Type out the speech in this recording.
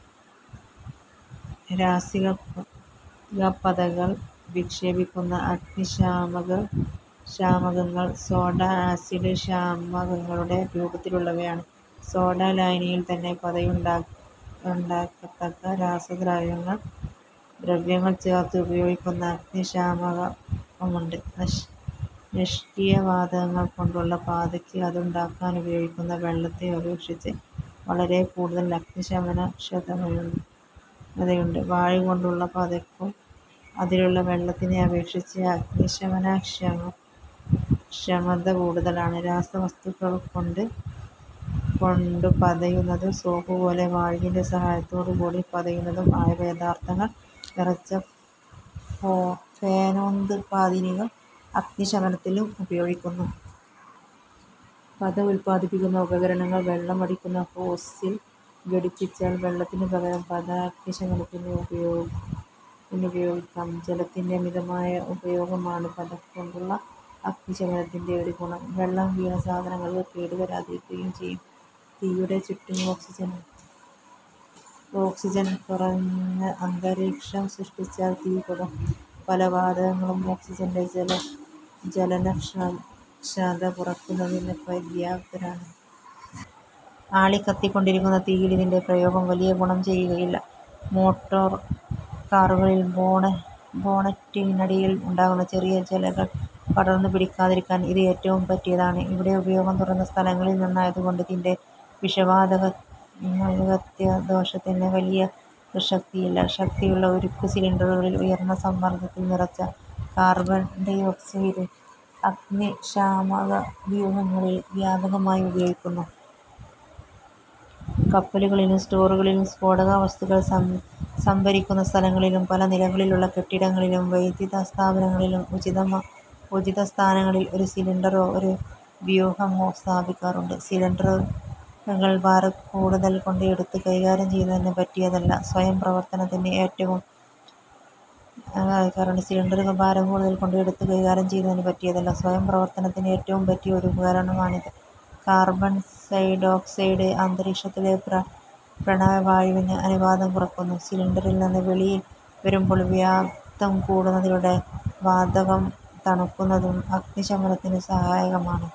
രാസികപ്പതകൾ വിക്ഷേപിക്കുന്ന അഗ്നിശാമകങ്ങൾ soda-acid ശാമകങ്ങളുടെ രൂപത്തിലുള്ളവയാണ്. സോഡാലായനിയിൽ തന്നെ പതയുണ്ടാകത്തക്ക രാസദ്രവ്യങ്ങൾ ചേർത്ത് ഉപയോഗിക്കുന്ന അഗ്നിശാമകവുമുണ്ട്. നിഷ്ക്രിയവാതകങ്ങൾകൊണ്ടുള്ള പതയ്ക്ക് അതുണ്ടാക്കാനുപയോഗിക്കുന്ന വെള്ളത്തെ അപേക്ഷിച്ച് വളരെക്കൂടുതൽ അഗ്നിശമനക്ഷമതയുണ്ട്. വായുകൊണ്ടുള്ള പതയ്ക്കും അതിലുള്ള വെള്ളത്തിനെ അപേക്ഷിച്ച് അഗ്നിശമനക്ഷമത കൂടുതലാണ്. രാസവസ്തുക്കൾക്കൊണ്ടു പതയുന്നതും സോപ്പുപോലെ വായുവിന്റെ സഹായത്തോടുകൂടി പതയുന്നതും ആയ പദാർഥങ്ങൾ നിറച്ച 'ഫേനോത്പാദിനികൾ' അഗ്നിശമനത്തിനുപയോഗിക്കുന്നു. പത ഉത്പാദിപ്പിക്കുന്ന ഉപകരണങ്ങൾ വെള്ളം അടിക്കുന്ന ഹോസിൽ ഘടിപ്പിച്ചാൽ വെള്ളത്തിനുപകരം പത അഗ്നിശമനത്തിനുപയോഗിക്കാം. ജലത്തിന്റെ മിതമായ ഉപയോഗമാണ് പതകൊണ്ടുള്ള അഗ്നിശമനത്തിന്റെ ഒരു ഗുണം; വെള്ളം വീണ് സാധനങ്ങൾക്ക് കേടുവരാതിരിക്കുകയും ചെയ്യും. തീയുടെ ചുറ്റും ഓക്സിജൻ കുറഞ്ഞ അന്തരീക്ഷം സൃഷ്ടിച്ചാൽ തീ കെടും. പല വാതകങ്ങളും ഓക്സിജന്റെ ജ്വലനക്ഷമത കുറയ്ക്കുന്നതിന് പര്യാപ്തമാണ്. ആളിക്കത്തിക്കൊണ്ടിരിക്കുന്ന തീയിൽ ഇതിന്റെ പ്രയോഗം വലിയ ഗുണം ചെയ്യുകയില്ല. മോട്ടോർ കാറുകളിൽ ബോണറ്റിനടിയിൽ ഉണ്ടാകുന്ന ചെറിയ ജ്വാലകൾ പടർന്നുപിടിക്കാതിരിക്കാൻ ഇത് ഏറ്റവും പറ്റിയതാണ്. ഇവിടെ ഉപയോഗം തുറന്ന സ്ഥലങ്ങളിൽനിന്നായതുകൊണ്ട് ഇതിന്റെ വിഷവാതകത്വദോഷത്തിന് വലിയ പ്രസക്തിയില്ല. ശക്തിയുള്ള ഉരുക്കുസിലിണ്ടറുകളിൽ ഉയർന്ന സമ്മർദത്തിൽ നിറച്ച കാർബൺഡൈഓക്സൈഡ് അഗ്നിശാമകവ്യൂഹങ്ങളിൽ വ്യാപകമായി ഉപയോഗിക്കുന്നു. കപ്പലുകളിലും സ്റ്റോറുകളിലും സ്ഫോടകവസ്തുക്കൾ സംഭരിക്കുന്ന സ്ഥലങ്ങളിലും, പല നിലകളിലുള്ള കെട്ടിടങ്ങളിലും, വൈദ്യുതസ്ഥാപനങ്ങളിലും ഉചിതസ്ഥാനങ്ങളിൽ ഒരു സിലിണ്ടറോ, ഒരു വ്യൂഹമോ സ്ഥാപിക്കാറുണ്ട്. സിലിണ്ടറുകൾ ഭാരക്കൂടുതൽകൊണ്ട് എടുത്തു കൈകാര്യം ചെയ്യുന്നതിന് പറ്റിയതല്ല. സ്വയം പ്രവർത്തനത്തിന് ഏറ്റവും പറ്റിയ ഒരു ഉപകരണമാണിത്. കാർബൺഡൈഓക്സൈഡ് അന്തരീക്ഷത്തിലെ പ്രാണവായുവിന്റെ അനുപാതം കുറയ്ക്കുന്നു. സിലിണ്ടറിൽനിന്ന് വെളിയിൽ വരുമ്പോൾ വ്യാപ്തം കൂടുന്നതിലൂടെ വാതകം തണുക്കുന്നതും അഗ്നിശമനത്തിനു സഹായകമാണ്.